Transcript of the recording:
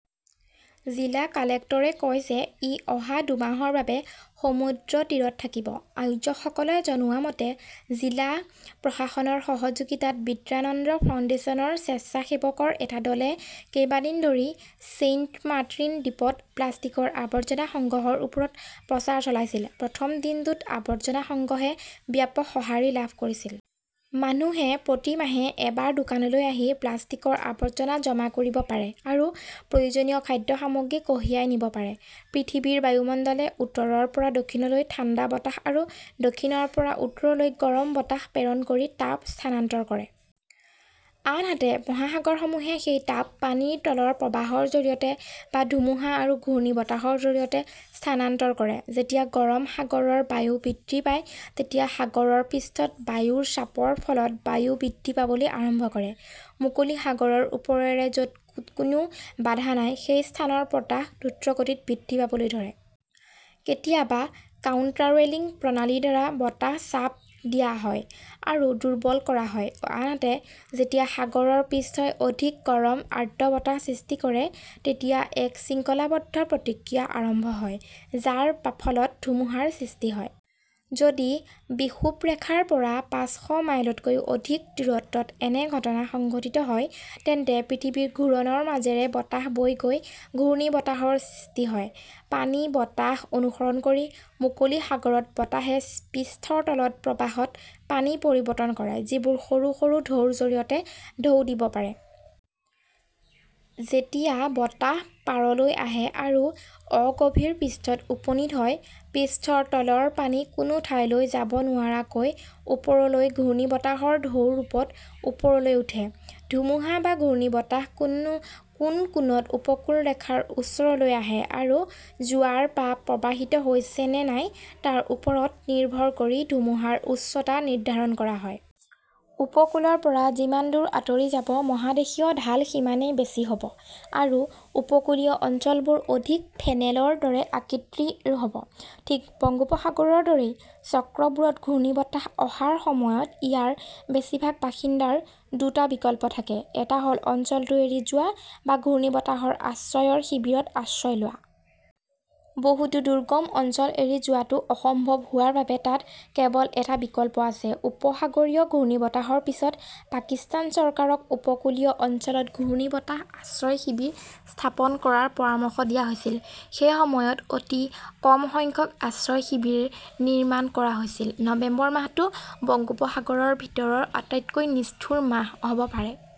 জিলা কালেক্টৰে কয় যে, ই অহা দুমাহৰ বাবে সমুদ্ৰতীৰত থাকিব। আয়োজকসকলে জনোৱা মতে, জিলা প্ৰশাসনৰ সহযোগিতাত বিদ্যানন্দ ফাউণ্ডেশ্যনৰ স্বেচ্ছাসেৱকৰ এটা দলে কেইবাদিন ধৰি ছেইণ্টমাৰ্টিন দ্বীপত প্লাষ্টিকৰ আৱৰ্জনা সংগ্ৰহৰ ওপৰত প্ৰচাৰ চলাইছিল। প্ৰথম দিনটোত আৱৰ্জনা সংগ্ৰহে ব্যাপক সঁহাৰি লাভ কৰিছিল। মানুহে প্ৰতি মাহে এবাৰ দোকানলৈ আহি প্লাষ্টিকৰ আৱৰ্জনা জমা কৰিব পাৰে আৰু প্ৰয়োজনীয় খাদ্য সামগ্ৰী কঢ়িয়াই নিব পাৰে। পৃথিৱীৰ বায়ুমণ্ডলে উত্তৰৰ পৰা দক্ষিণলৈ ঠাণ্ডা বতাহ আৰু দক্ষিণৰ পৰা উত্তৰলৈ গৰম বতাহ প্ৰেৰণ কৰি তাপ স্থানান্তৰ কৰে। আনহাতে, মহাসাগৰসমূহে সেই তাপ পানীৰ তলৰ প্ৰবাহৰ জৰিয়তে বা ধুমুহা আৰু ঘূৰ্ণীবতাহৰ জৰিয়তে স্থানান্তৰ কৰে। যেতিয়া গৰম সাগৰৰ বায়ু বৃদ্ধি পায়, তেতিয়া সাগৰৰ পৃষ্ঠত বায়ুৰ চাপৰ ফলত বায়ু বৃদ্ধি পাবলৈ আৰম্ভ কৰে। মুকলি সাগৰৰ ওপৰেৰে, য 'ত কোনো বাধা নাই সেই স্থানৰ বতাহ দ্ৰুতগতিত বৃদ্ধি পাবলৈ ধৰে। কেতিয়াবা কাউণ্টাৰৱেলিং প্ৰণালীৰ দ্বাৰা বতাহ চাপ দিয়া হয় আৰু দুৰ্বল কৰা হয়। আনহাতে, যেতিয়া সাগৰৰ পৃষ্ঠই অধিক গৰম, আৰ্দ্ৰ বতাহ সৃষ্টি কৰে, তেতিয়া এক শৃংখলাবদ্ধ প্ৰতিক্ৰিয়া আৰম্ভ হয়, যাৰ ফলত ধুমুহাৰ সৃষ্টি হয়। যদি বিষুৱ ৰেখাৰ পৰা পাঁচশ মাইলতকৈও অধিক দূৰত্বত এনে ঘটনা সংঘটিত হয়, তেন্তে পৃথিৱীৰ ঘূৰণৰ মাজেৰে বতাহ বৈ গৈ ঘূৰ্ণীবতাহৰ সৃষ্টি হয়। পানী, বতাহ অনুসৰণ কৰি মুকলি সাগৰত, বতাহে পৃষ্ঠৰ তলত, প্ৰবাহত পানী পৰিৱৰ্তন কৰে, যিবোৰ সৰু সৰু ঢৌৰ জৰিয়তে ঢৌ দিব পাৰে। যেতিয়া বতাহ পাৰলৈ আহে আৰু অগভীৰ পৃষ্ঠত উপনীত হয়, পৃষ্ঠৰ তলৰ পানী কোনো ঠাইলৈ যাব নোৱাৰাকৈ ওপৰলৈ ঘূৰ্ণীবতাহৰ ঢৌৰ ৰূপত ওপৰলৈ উঠে। ধুমুহা বা ঘূৰ্ণীবতাহ কোন কোণত উপকূলৰেখাৰ ওচৰলৈ আহে আৰু জোৱাৰ বা প্ৰৱাহিত হৈছে নে নাই তাৰ ওপৰত নিৰ্ভৰ কৰি ধুমুহাৰ উচ্চতা নিৰ্ধাৰণ কৰা হয়। উপকূলৰ পৰা যিমান দূৰ আঁতৰি যাব, মহাদেশীয় ঢাল সিমানেই বেছি হ'ব, আৰু উপকূলীয় অঞ্চলবোৰ অধিক ফেনেলৰ দৰে আকৃতিৰ হ'ব। ঠিক বংগোপসাগৰৰ দৰেই। চক্ৰবোৰত ঘূৰ্ণীবতাহ অহাৰ সময়ত ইয়াৰ বেছিভাগ বাসিন্দাৰ দুটা বিকল্প থাকে। এটা হ'ল, অঞ্চলটো এৰি যোৱা বা ঘূৰ্ণীবতাহৰ আশ্ৰয়ৰ শিবিৰত আশ্ৰয় লোৱা। বহুতো দুৰ্গম অঞ্চল এৰি যোৱাটো অসম্ভৱ হোৱাৰ বাবে তাত কেৱল এটা বিকল্প আছে। উপসাগৰীয় ঘূৰ্ণীবতাহৰ পিছত পাকিস্তান চৰকাৰক উপকূলীয় অঞ্চলত ঘূৰ্ণীবতাহ আশ্ৰয় শিবিৰ স্থাপন কৰাৰ পৰামৰ্শ দিয়া হৈছিল। সেই সময়ত অতি কম সংখ্যক আশ্ৰয় শিবিৰ নিৰ্মাণ কৰা হৈছিল। নৱেম্বৰ মাহটো বংগোপসাগৰৰ ভিতৰত আটাইতকৈ নিষ্ঠুৰ মাহ হ'ব পাৰে।